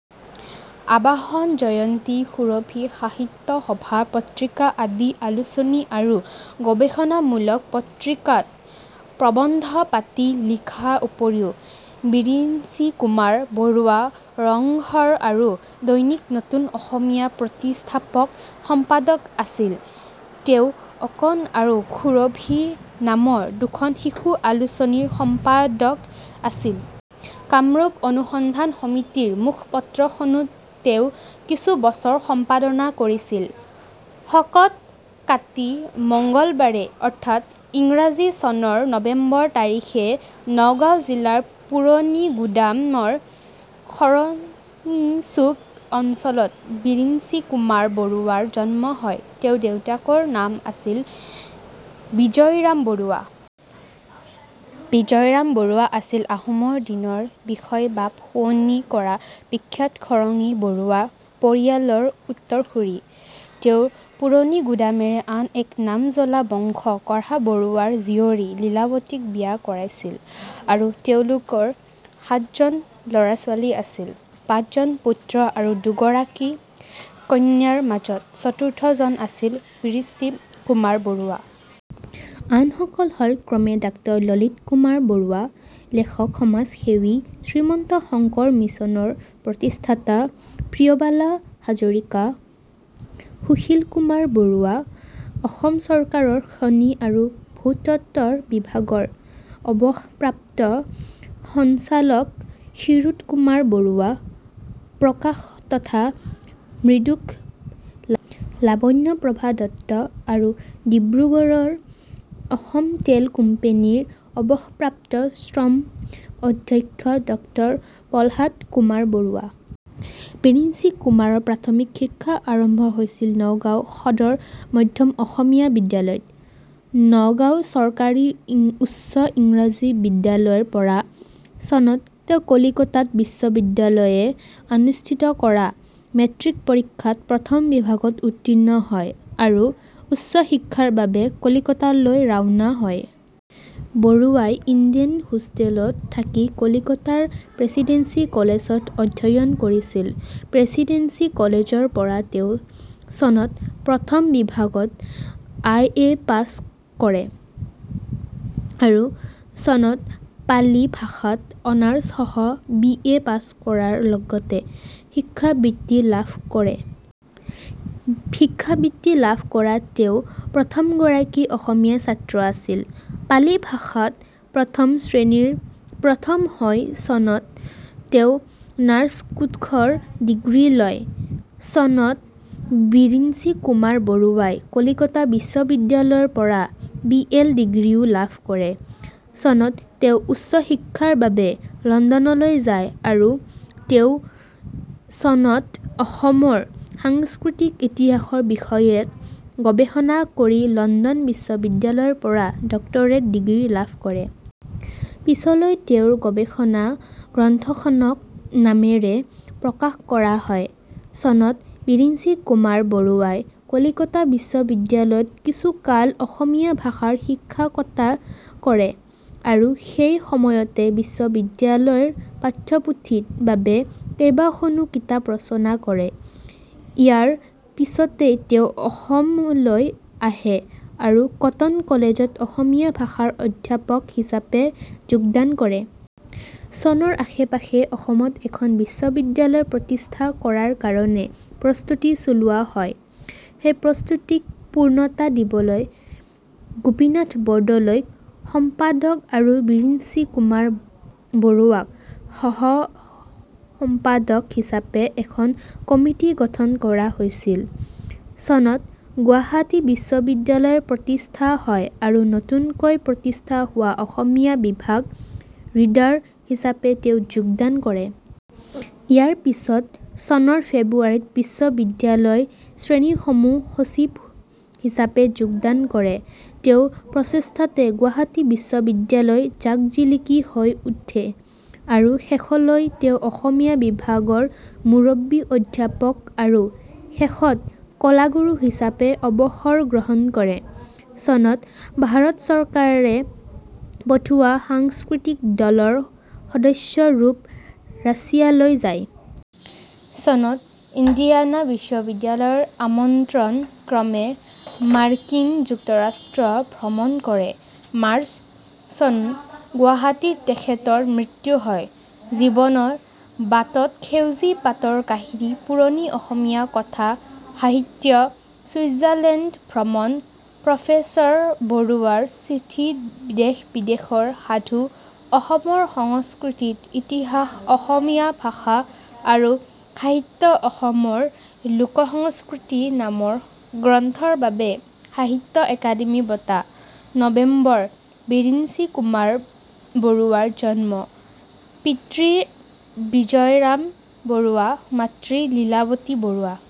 'আৱাহন', জয়ন্তী, সুৰভি, সাহিত্য সভা পত্ৰিকা, আদি আলোচনী আৰু গৱেষণামূলক পত্ৰিকাত প্ৰৱন্ধ-পাতি লিখাৰ উপৰিও বিৰিঞ্চি কুমাৰ বৰুৱা ৰংঘৰ আৰু দৈনিক নতুন অসমীয়াৰ প্ৰতিষ্ঠাপক সম্পাদক আছিল। তেওঁ 'অকণ' আৰু 'সুৰভি' নামৰ দুখন শিশু আলোচনীৰ সম্পাদক আছিল। কামৰূপ অনুসন্ধান সমিতিৰ মুখপত্ৰখনো তেওঁ কিছু বছৰ সম্পাদনা কৰিছিল। শকৰ কাতি, মঙ্গলবাৰে অৰ্থাৎ ইংৰাজী চনৰ নৱেম্বৰ তাৰিখে নগাঁও জিলাৰ পুৰণিগুদাম ৰ খৰঙীচুক অঞ্চলত বিৰিঞ্চি কুমাৰ বৰুৱাৰ জন্ম হয়। তেওঁৰ দেউতাকৰ নাম আছিল বিজয়ৰাম বৰুৱা। বিজয়ৰাম বৰুৱা আছিল আহোমৰ দিনত বিষয় বাব শুৱনি কৰা বিখ্যাত খৰঙ্গী বৰুৱা পৰিয়ালৰ উত্তৰসুৰী। তেওঁ পুৰণিগুদামৰে আন এক নামজ্বলা বংশ কঢ়াল বৰুৱাৰ জীয়ৰী লীলাৱতীক বিয়া কৰাইছিল আৰু তেওঁলোকৰ সাতজন ল'ৰা-ছোৱালী আছিল। পাঁচজন পুত্ৰ আৰু দুগৰাকী কন্যাৰ মাজৰ চতুৰ্থজন আছিল বিৰিঞ্চি কুমাৰ বৰুৱা। আনসকল হ'ল ক্ৰমে, ডাঃ ললিত কুমাৰ বৰুৱা, লেখক-সমাজসেৱী, শ্ৰীমন্ত শংকৰ মিছনৰ প্ৰতিষ্ঠাতা প্ৰিয়বালা হাজৰিকা, সুশীল কুমাৰ বৰুৱা, অসম চৰকাৰৰ খনি আৰু ভূতত্ব বিভাগৰ অৱসৰপ্ৰাপ্ত সঞ্চালক ক্ষীৰোদ কুমাৰ বৰুৱা, প্ৰকাশক তথা মুদ্ৰক লাৱণ্যপ্ৰভা দত্ত আৰু ডিগবৈৰ অসম তেল কোম্পানীৰ অৱসৰপ্ৰাপ্ত শ্ৰম অধীক্ষক ড প্ৰহ্লাদ কুমাৰ বৰুৱা। বিৰিঞ্চিকুমাৰৰ প্ৰাথমিক শিক্ষা আৰম্ভ হৈছিল নগাওঁ সদৰ মধ্য অসমীয়া বিদ্যালয়ত। নগাঁও চৰকাৰী উচ্চ ইংৰাজী বিদ্যালয়ৰ পৰা, চনত তেওঁ কলিকতা বিশ্ববিদ্যালয়ে অনুষ্ঠিত কৰা মেট্ৰিক পৰীক্ষাত প্ৰথম বিভাগত উত্তীৰ্ণ হয় আৰু উচ্চ শিক্ষাৰ বাবে কলিকতা লৈ ৰাওনা হয়। বৰুৱাই ইডেন হোষ্টেলত থাকি কলিকতাৰ প্ৰেচিডেন্সি কলেজত অধ্যয়ন কৰিছিল। প্ৰেচিডেন্সি কলেজৰ পৰাই তেওঁ চনত, প্ৰথম বিভাগত আই এ পাছ কৰে আৰু চনত, পালি ভাষাত অনাৰ্ছ সহ বি এ পাছ কৰাৰ লগতে শিক্ষাবৃত্তি লাভ কৰে। শিক্ষাবৃত্তি লাভ কৰা তেওঁ প্ৰথমগৰাকী অসমীয়া ছাত্ৰ আছিল। পালি ভাষা ত প্ৰথম শ্ৰেণীৰ প্ৰথম হৈ চনত, তেওঁ স্নাতকোত্তৰ ডিগ্ৰী লয়। চনত, বিৰিঞ্চিকুমাৰ বৰুৱাই কলিকতা বিশ্ববিদ্যালয়ৰ পৰা বি এল ডিগ্ৰীও লাভ কৰে। চনত তেওঁ উচ্চ শিক্ষাৰ বাবে লণ্ডনলৈ যায় আৰু তেওঁ চনত অসমৰ সাংস্কৃতিক ইতিহাস বিষয়ত গৱেষণা কৰি লণ্ডন বিশ্ববিদ্যালয় ৰ পৰা ডক্টৰেট ডিগ্ৰী লাভ কৰে। পিছলৈ তেওঁৰ গৱেষণা গ্ৰন্থখনক "" নামেৰে প্ৰকাশ কৰা হয়। চনত বিৰিঞ্চি কুমাৰ বৰুৱাই কলিকতা বিশ্ববিদ্যালয় ত কিছুকাল অসমীয়া ভাষাৰ শিক্ষকতা কৰে আৰু সেই সময়তে বিশ্ববিদ্যালয়ৰ পাঠ্যপুথিৰ বাবে কেইবাখনো কিতাপ ৰচনা কৰে। ইয়াৰ পিছতে তেওঁ অসম লৈ আহে আৰু কটন কলেজ ত অসমীয়া ভাষাৰ অধ্যাপক হিচাপে যোগদান কৰে। চনৰ আশে-পাশে অসমত এখন বিশ্ববিদ্যালয় প্ৰতিষ্ঠা কৰাৰ কাৰণে প্ৰস্তুতি চলোৱা হয়। সেই প্ৰস্তুতিক পূৰ্ণতা দিবলৈ গোপীনাথ বৰদলৈ ক সম্পাদক আৰু বিৰিঞ্চি কুমাৰ বৰুৱাক সহ-সম্পাদক হিচাপে এখন কমিটি গঠন কৰা হৈছিল। চনত গুৱাহাটী বিশ্ববিদ্যালয় প্ৰতিষ্ঠা হয় আৰু নতুনকৈ প্ৰতিষ্ঠা হোৱা অসমীয়া বিভাগৰ ৰিডাৰ হিচাপে তেওঁ যোগদান কৰে। ইয়াৰ পিচত চনৰ ফেব্ৰুৱাৰীত 'বিশ্ববিদ্যালয় শ্ৰেণীসমূহৰ সচিব' হিচাপে যোগদান কৰে। তেওঁৰ প্ৰচেষ্টাতে গুৱাহাটী বিশ্ববিদ্যালয় জাকত-জিলিকা হৈ উঠে আৰু শেষলৈ তেওঁ অসমীয়া বিভাগৰ মুৰব্বী অধ্যাপক আৰু শেষত কলাগুৰু হিচাপে অৱসৰ গ্ৰহণ কৰে। চনত ভাৰত চৰকাৰে পঠোৱা সাংস্কৃতিক দলৰ সদস্য ৰূপে ৰাছিয়ালৈ যায়। চনত ইণ্ডিয়ানা বিশ্ববিদ্যালয়ৰ আমন্ত্ৰণ ক্ৰমে মাৰ্কিন যুক্তৰাষ্ট্ৰ ভ্ৰমণ কৰে। মাৰ্চ চন, গুৱাহাটীত তেখেতৰ মৃত্যু হয়। জীৱনৰ বাটত সেউজী পাতৰ কাহিনী পুৰণি অসমীয়া কথা সাহিত্য চুইজাৰলেণ্ড ভ্ৰমণ প্ৰফেচৰ বৰুৱাৰ চিঠি দেশ বিদেশৰ সাধু অসমৰ সংস্কৃতিৰ ইতিহাস অসমীয়া ভাষা আৰু সাহিত্য অসমৰ লোক সংস্কৃতি নামৰ গ্ৰন্থৰ বাবে সাহিত্য অকাডেমি বঁটা, নৱেম্বৰ: বিৰিঞ্চিকুমাৰ বৰুৱাৰ জন্ম। পিতৃ-বিজয়ৰাম বৰুৱা। মাতৃ-লীলাৱতী বৰুৱা।